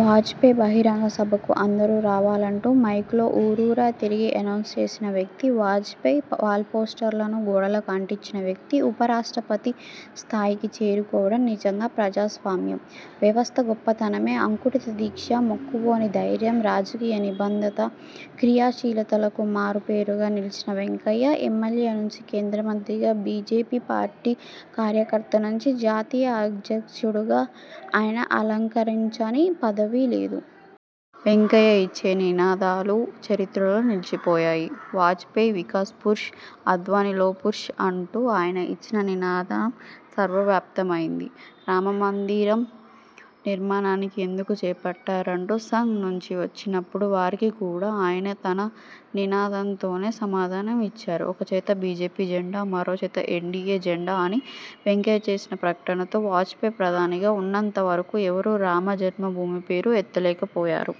వాజ్పేయి బహిరంగ సభకు అందరూ రావాలంటూ మైకులో ఊరూరా తిరిగి ఎనౌన్స్ చేసిన వ్యక్తి, వాజ్పేయి వాల్పోస్టర్లను గోడలకు అంటించిన వ్యక్తి, ఉపరాష్ట్రపతి స్థాయికి చేరుకోవడం నిజంగా ప్రజాస్వామ్య వ్యవస్థ గొప్పతనమే అంకుఠిత దీక్ష, మొక్కవోని ధైర్యం, రాజకీయ నిబద్ధత, క్రియాశీలతలకు మారు పేరుగా నిలిచిన వెంకయ్య ఎమ్మెల్యే నుంచి కేంద్ర మంత్రిగా బీజేపీ పార్టీ కార్యకర్త నుంచి జాతీయ అధ్యక్షుడిగా ఆయన అలకరించని పదవి లేదు. వెంకయ్య ఇచ్చే నినాదాలు చరిత్రలో నిలిచిపోయాయి. వాజ్పేయి వికాస్ పురుష్, అద్వానీ లోహ్పురుష్ అంటూ ఆయన ఇచ్చిన నినాదం సర్వవ్యాప్తమైంది. రామమందిర నిర్మాణాన్ని ఎందుకు చేపట్టరంటూ సంఘ్ నుంచి వచ్చినప్పుడు వారికి కూడా ఆయన తన నినాదంతోనే సమాధానమిచ్చారు. ఒక చేత బిజెపి జెండా, మరో చేత ఎన్డిఏ ఎజెండా అని వెంకయ్య చేసిన ప్రకటనతో వాజ్పేయి ప్రధానిగా ఉన్నంతవరకూ ఎవరూ రామజన్మభూమి పేరు ఎత్తలేకపోయారు.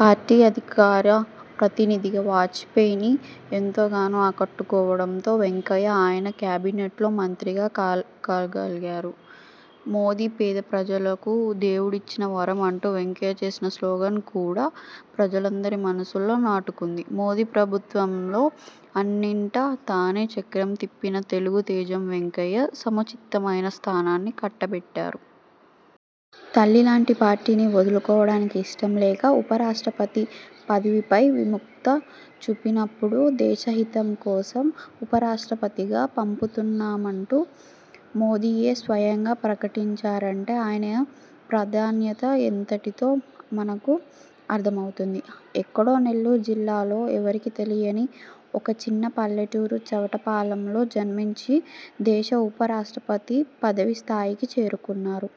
పార్టీ అధికార ప్రతినిధిగా వాజ్పేయిని ఎంతగానో ఆకట్టుకోవడంతో వెంకయ్య ఆయన క్యాబినెట్లో మంత్రి కాగలిగారు. మోదీ పేద ప్రజలకు దేవుడిచ్చిన వరం అంటూ వెంకయ్య చేసిన స్లోగన్ కూడా ప్రజలందరి మనస్సుల్లో నాటుకుంది. మోదీ ప్రభుత్వంలో అన్నింటా తానై చక్కం తిప్పిన తెలుగు తేజం వెంకయ్యకు సముచితమైన స్థానాన్ని కట్టబెట్టారు. తల్లిలాంటి పార్టీని వదులుకోవడానికి ఇష్టం లేక ఉపరాష్ట్రపతి పదవిపై విముఖత చూపినప్పుడు దేశ హితం కోసమే ఉపరాష్ట్రపతిగా పంపుతున్నామంటూ మోదీయే స్వయంగా ప్రకటించారంటే ఆయన ప్రాధాన్యత ఎంతటితో మనకు అర్ధమవుతుంది. ఎక్కడో నెల్లూరు జిల్లాలో ఎవరికీ తెలియని ఒక చిన్న పల్లెటూరు చవటపాలెంలో జన్మించి దేశ ఉప రాష్ట్రపతి పదవి స్థాయికి చేరుకున్నారు.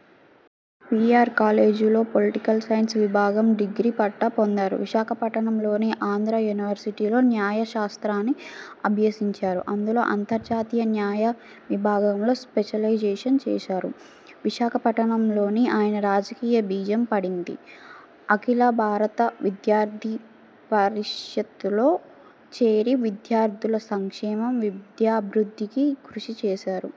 వీఆర్ కాలేజీలో పొలిటికల్ సైన్స్ విభాగం డిగ్రీ పట్టా పొందారు. విశాఖపట్టణంలోని ఆంధ్రా యూనివర్సిటీలో న్యాయ శాస్త్రాన్ని అభ్యసించారు. అందులో అంతర్జాతీయ న్యాయ విభాగంలో స్పెషలైజేషన్ చేశారు. విశాఖపట్టణంలోనే ఆయనకు రాజకీయ బీజం పడింది. అఖిల భారత విద్యార్థి పరిషత్లో చేరి విద్యార్థుల సంక్షేమం. విద్యాభివృద్ధికి కృషి చేశారు.